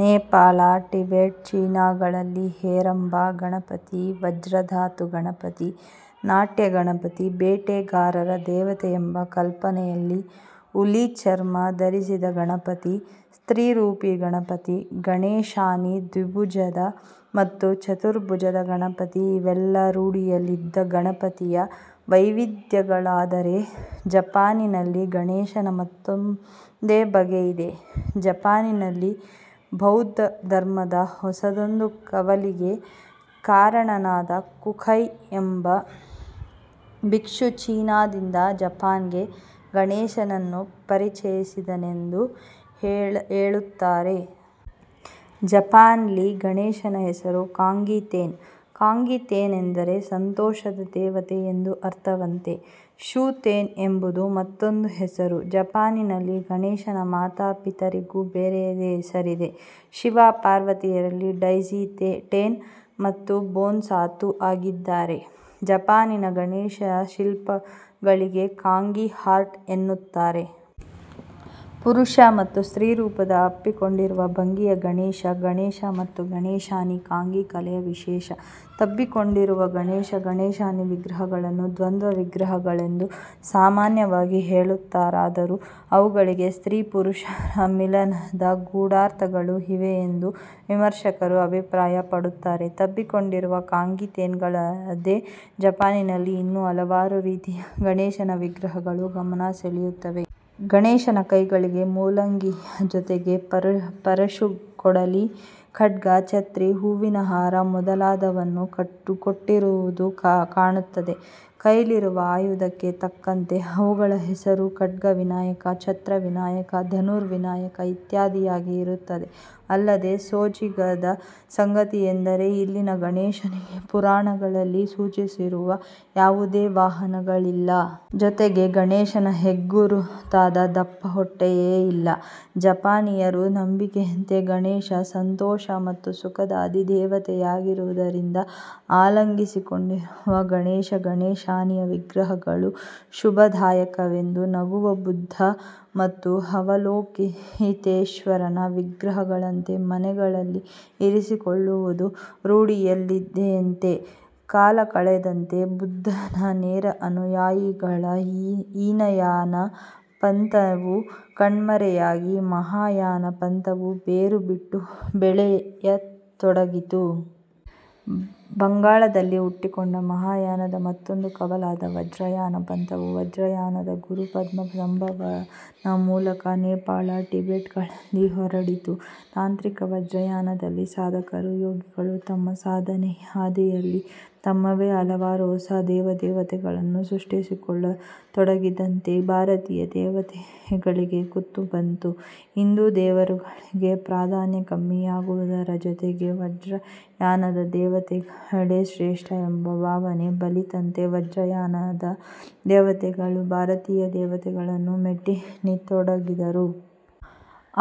Nepal, Tibet, ಚೀನಾಗಳಲ್ಲಿ ಹೇರಂಬ ಗಣಪತಿ, ವಜ್ರಧಾತು ಗಣಪತಿ, ನಾಟ್ಯ ಗಣಪತಿ, ಬೇಟೆಗಾರರ ದೇವತೆಯೆಂಬ ಕಲ್ಪನೆಯಲ್ಲಿ ಹುಲಿ ಚರ್ಮ ಧರಿಸಿದ ಗಣಪತಿ, ಸ್ತ್ರೀ ರೂಪಿ ಗಣಪತಿ ಗಣೇಶಾನಿ ದ್ವಿಭುಜದ ಮತ್ತು ಚತುರ್ಭುಜದ ಗಣಪತಿ ಇವೆಲ್ಲ ರೂಢಿಯಲ್ಲಿದ್ದ ಗಣಪತಿಯ ವೈವಿಧ್ಯಗಳಾದರೆ ಜಪಾನಿನಲ್ಲಿ ಗಣೇಶನ ಮತ್ತೊಂದೇ ಬಗೆಯಿದೆ. ಜಪಾನಿನಲ್ಲಿ ಬೌದ್ಧ ಧರ್ಮದ ಹೊಸದೊಂದು ಕವಲಿಗೆ ಕಾರಣನಾದ 'ಕುಕೈ' ಎಂಬ ಬಿಕ್ಷು ಚೀನಾದಿಂದ ಜಪಾನ್ಗೆ ಗಣೇಶನನ್ನು ಪರಿಚಯಿಸಿದನೆಂದು ಹೇಳುತ್ತಾರೆ. ಜಪಾನ್ಲ್ಲಿ ಗಣೇಶನ ಹೆಸರು ಕಾಂಗಿ-ತೆನ್. ಕಾಂಗಿ-ತೆನ್ ಎಂದರೆ ಸಂತೋಷದ ದೇವತೆ ಎಂದು ಅರ್ಥವಂತೆ. ಶೂ-ತೆನ್ ಎಂಬುದು ಮತ್ತೊಂದು ಹೆಸರು. ಜಪಾನಿನಲ್ಲಿ ಗಣೇಶನ ಮಾತಾ ಪಿತರಿಗೂ ಬೇರೆಯದೇ ಹೆಸರಿದೆ. ಶಿವ ಪಾರ್ವತಿಯರಿಲ್ಲಿ ಡೈಜಿ ಟೆನ್ ಮತ್ತು ಬೊಸಾತ್ಸು ಆಗಿದ್ದಾರೆ. ಜಪಾನಿನ ಗಣೇಶ ಶಿಲ್ಪಗಳಿಗೆ ಕಾಂಗಿ ಆರ್ಟ್ ಎನ್ನುತ್ತಾರೆ. ಪುರುಷ ಮತ್ತು ಸ್ತ್ರೀ ರೂಪದ ಅಪ್ಪಿಕೊಂಡಿರುವ ಭಂಗಿಯ ಗಣೇಶ ಗಣೇಶ ಮತ್ತು ಗಣೇಶಾನಿ ಕಾಂಗಿ ಕಲೆಯ ವಿಶೇಷ. ತಬ್ಬಿಕೊಂಡಿರುವ ಗಣೇಶ-ಗಣೇಶಾನಿ ವಿಗ್ರಹಗಳನ್ನು ದ್ವಂದ್ವ ವಿಗ್ರಹಗಳೆಂದು ಸಾಮಾನ್ಯವಾಗಿ ಹೇಳುತ್ತಾರಾದರೂ ಅವುಗಳಿಗೆ ಸ್ತ್ರೀ-ಪುರುಷರ ಮಿಲನದ ಗೂಢಾರ್ಥಗಳೂ ಇವೆಯೆಂದು ವಿಮರ್ಶಕರು ಅಭಿಪ್ರಾಯ ಪಡುತ್ತಾರೆ. ತಬ್ಬಿಕೊಂಡಿರುವ ಕಾಂಗಿ-ತೇನ್ಗಳಲ್ಲದೆ ಜಪಾನಿನಲ್ಲಿ ಇನ್ನೂ ಹಲವಾರು ರೀತಿಯ ಗಣೇಶನ ವಿಗ್ರಹಗಳು ಗಮನ ಸೆಳೆಯುತ್ತವೆ. ಗಣೇಶನ ಕೈಗಳಿಗೆ ಮೂಲಂಗಿಯ ಜೊತೆಗೆ ಪರಶುಕೊಡಲಿ, ಖಡ್ಗ, ಚತ್ರಿ, ಹೂವಿನ ಹಾರ ಮೊದಲಾದುವನ್ನು ಕೊಟ್ಟಿರುವುದು ಕಾಣುತ್ತದೆ. ಕೈಲಿರುವ ಆಯುಧಕ್ಕೆ ತಕ್ಕಂತೆ ಅವುಗಳ ಹೆಸರು ಖಡ್ಗ ವಿನಾಯಕ, ಛತ್ರ ವಿನಾಯಕ, ಧನುರ್ ವಿನಾಯಕ ಇತ್ಯಾದಿಯಾಗಿ ಇರುತ್ತದೆ. ಅಲ್ಲದೆ ಸೋಜಿಗದ ಸಂಗತಿಯೆಂದರೆ ಇಲ್ಲಿನ ಗಣೇಶನಿಗೆ ಪುರಾಣಗಳಲ್ಲಿ ಸೂಚಿಸಿರುವ ಯಾವುದೇ ವಾಹನಗಳಿಲ್ಲ. ಜೊತೆಗೆ ಗಣೇಶನ ಹೆಗ್ಗುರುತಾದ ದಪ್ಪ ಹೊಟ್ಟೆಯೇ ಇಲ್ಲ. ಜಪಾನೀಯರ ನಂಬಿಕೆಯಂತೆ ಗಣೇಶ ಸಂತೋಷ ಮತ್ತು ಸುಖದ ಅಧಿದೇವತೆಯಾಗಿರುವುದರಿಂದ ಆಲಂಗಿಸಿಕೊಂಡಿರುವ ಗಣೇಶ-ಗಣೇಶಾನಿಯ ವಿಗ್ರಹಗಳು ಶುಭದಾಯಕವೆಂದು ನಗುವ ಬುದ್ಧ ಮತ್ತು ಅವಲೋಕಿತೇಶ್ವರನ ವಿಗ್ರಹಗಳಂತೆ ಮನೆಗಳಲ್ಲಿ ಇರಿಸಿಕೊಳ್ಳುವುದು ರೂಢಿಯಲ್ಲಿದೆಯಂತೆ. ಕಾಲಕಳೆದಂತೆ ಬುದ್ಧನ ನೇರ ಅನುಯಾಯಿಗಳ ಹೀನಯಾನ ಪಂಥವು ಕಣ್ಮರೆಯಾಗಿ ಮಹಾಯಾನ ಪಂಥವು ಬೇರು ಬಿಟ್ಟು ಬೆಳೆಯತೊಡಗಿತು. ಬಂಗಾಳದಲ್ಲಿ ಹುಟ್ಟಿಕೊಂಡ ಮಹಾಯಾನದ ಮತ್ತೊಂದು ಕವಲಾದ ವಜ್ರಯಾನ ಪಂಥವು ವಜ್ರಯಾನದ ಗುರು ಪದ್ಮ ಸಂಭವನ ಮೂಲಕ ನೇಪಾಳ, ಟಿಬೆಟ್ಗಳಲ್ಲಿ ಹರಡಿತು. ತಾಂತ್ರಿಕ ವಜ್ರಯಾನದಲ್ಲಿನ ಸಾಧಕರು, ಯೋಗಿಗಳು ತಮ್ಮ ಸಾಧನೆಯ ಹಾದಿಯಲ್ಲಿ ತಮ್ಮವೇ ಹಲವಾರು ಹೊಸ ದೇವ ದೇವತೆಗಳನ್ನು ಸೃಷ್ಟಿಸಿಕೊಳ್ಳತೊಡಗಿದಂತೆ ಭಾರತೀಯ ದೇವತೆಗಳಿಗೆ ಕುತ್ತು ಬಂತು. ಹಿಂದೂ ದೇವರುಗಳಿಗೆ ಪ್ರಾಧಾನ್ಯ ಕಮ್ಮಿಯಾಗುವುದರ ಜೊತೆಗೆ ವಜ್ರಯಾನದ ದೇವತೆಗಳೇ ಶ್ರೇಷ್ಟ ಎಂಬ ಭಾವನೆ ಬಲಿತಂತೆ ವಜ್ರಯಾನದ ದೇವತೆಗಳು ಭಾರತೀಯ ದೇವತೆಗಳನ್ನು ಮೆಟ್ಟಿ ನಿತೊಡಗಿದರು.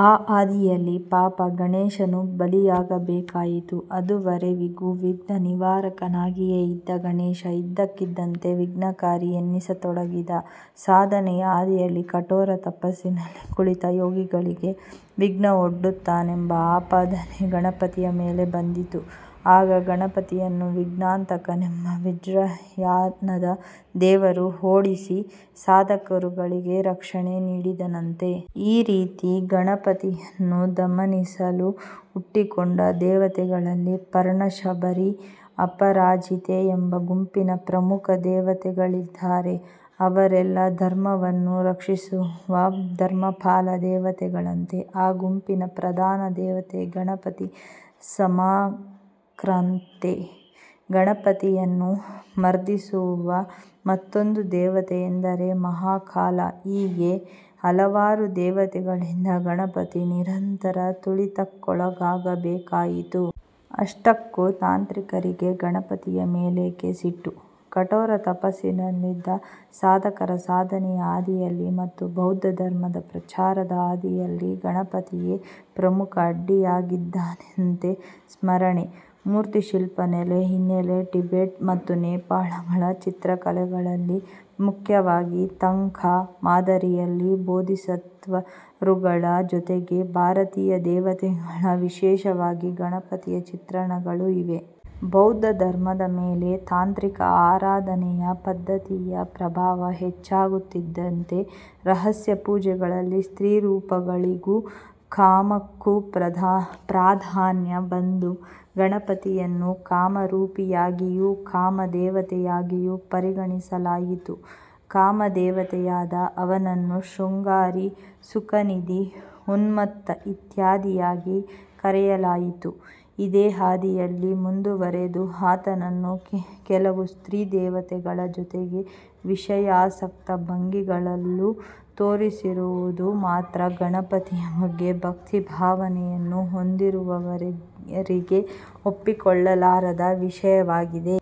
ಆ ಹಾದಿಯಲ್ಲಿ ಪಾಪ ಗಣೇಶನೂ ಬಲಿಯಾಗಬೇಕಾಯಿತು. ಅದುವರೆವಿಗೂ ವಿಘ್ನ ನಿವಾರಕನಾಗಿಯೇ ಇದ್ದ ಗಣೇಶ ಇದ್ದಕ್ಕಿದ್ದಂತೆ ವಿಘ್ನಕಾರಿ ಎನ್ನಿಸತೊಡಗಿದ. ಸಾಧನೆಯ ಹಾದಿಯಲ್ಲಿ ಕಠೋರ ತಪಸ್ಸಿನಲ್ಲಿ ಕುಳಿತ ಯೋಗಿಗಳಿಗೆ ವಿಘ್ನ ಒಡ್ದುತ್ತಾನೆಂಬ ಆಪಾದನೆ ಗಣಪತಿಯ ಮೇಲೆ ಬಂದಿತು. ಆಗ ಗಣಪತಿಯನ್ನು ವಿಘ್ನಾಂತಕನೆಂಬ ವಜ್ರಯಾನದ ದೇವರು ಓಡಿಸಿ ಸಾಧಕರುಗಳಿಗೆ ರಕ್ಷಣೆ ನೀಡಿದನಂತೆ. ಈ ರೀತಿ ಗಣಪತಿಯನ್ನು ದಮನಿಸಲು ಹುಟ್ಟಿಕೊಂಡ ದೇವತೆಗಳಲ್ಲಿ ಪರ್ಣ ಶಬರಿ, ಅಪರಾಜಿತೆ ಎಂಬ ಗುಂಪಿನ ಪ್ರಮುಖ ದೇವತೆಗಳಿದ್ದಾರೆ. ಅವರೆಲ್ಲ ಧರ್ಮವನ್ನು ರಕ್ಷಿಸುವ "ಧರ್ಮಪಾಲ" ದೇವತೆಗಳಂತೆ ಆ ಗುಂಪಿನ ಪ್ರಧಾನ ದೇವತೆ 'ಗಣಪತಿ ಸಮಾಕ್ರಾಂತೆ'. ಗಣಪತಿಯನ್ನು ಮರ್ದಿಸುವ ಮತ್ತೊಂದು ದೇವತೆಯೆಂದರೆ 'ಮಹಾಕಾಲ' ಹೀಗೆ ಹಲವಾರು ದೇವತೆಗಳಿಂದ ಗಣಪತಿ ನಿರಂತರ ತುಳಿತಕ್ಕೊಳಗಾಗಬೇಕಾಯಿತು. ಅಷ್ಟಕ್ಕೂ ತಾಂತ್ರಿಕರಿಗೆ ಗಣಪತಿಯ ಮೇಲೇಕೆ ಸಿಟ್ಟು? ಕಠೋರ ತಪಸ್ಸಿನಲ್ಲಿದ್ದ ಸಾಧಕರ ಸಾಧನೆಯ ಹಾದಿಯಲ್ಲಿ ಮತ್ತು ಬೌದ್ಧ ಧರ್ಮದ ಪ್ರಚಾರದ ಹಾದಿಯಲ್ಲಿ ಗಣಪತಿಯೇ ಪ್ರಮುಖ ಅಡ್ಡಿಯಾಗಿದ್ದಾನಂತೆ ಸ್ಮರಣೆ, ಮೂರ್ತಿಶಿಲ್ಪ ನೆಲೆ ಹಿನ್ನೆಲೆ ಟಿಬೆಟ್ ಮತ್ತು ನೇಪಾಳಗಳ ಚಿತ್ರಕಲೆಗಳಲ್ಲಿ ಮುಖ್ಯವಾಗಿ ತಂಕಾ ಮಾದರಿಯಲ್ಲಿ ಬೋಧಿಸತ್ವರುಗಳ ಜೊತೆಗೆ ಭಾರತೀಯ ದೇವತೆಗಳ ವಿಶೇಷವಾಗಿ ಗಣಪತಿಯ ಚಿತ್ರಣಗಳೂ ಇವೆ. ಬೌದ್ಧ ಧರ್ಮದ ಮೇಲೆ ತಾಂತ್ರಿಕ ಆರಾಧನೆಯ ಪದ್ಧತಿಯ ಪ್ರಭಾವ ಹೆಚ್ಚಾಗುತ್ತಿದ್ದಂತೆ ರಹಸ್ಯ ಪೂಜೆಗಳಲ್ಲಿ'ಸ್ತ್ರೀರೂಪ'ಗಳಿಗೂ'ಕಾಮ'ಕ್ಕೂ ಪ್ರಾಧಾನ್ಯ ಬಂದು ಗಣಪತಿಯನ್ನು ಕಾಮರೂಪಿಯಾಗಿಯೂ, ಕಾಮ ದೇವತೆಯಾಗಿಯೂ ಪರಿಗಣಿಸಲಾಯಿತು. ಕಾಮದೇವತೆಯಾದ ಅವನನ್ನು ಶೃಂಗಾರಿ, ಸುಖನಿಧಿ, ಉನ್ಮತ್ತ ಇತ್ಯಾದಿಯಾಗಿ ಕರೆಯಲಾಯಿತು. ಇದೇ ಹಾದಿಯಲ್ಲಿ ಮುಂದುವರೆದು ಆತನನ್ನು ಕೆಲವು ಸ್ತ್ರೀ ದೇವತೆಗಳ ಜೊತೆಗೆ 'ವಿಷಯಾಸಕ್ತ ಭಂಗಿ'ಗಳಲ್ಲೂ ತೋರಿಸಿರುವುದು ಮಾತ್ರಾ ಗಣಪತಿಯ ಬಗ್ಗೆ ಭಕ್ತಿ ಭಾವನೆಯನ್ನು ಹೊಂದಿರುವವರಿಗೆ ಒಪ್ಪಿಕೊಳ್ಳಲಾರದ ವಿಷಯವಾಗಿದೆ.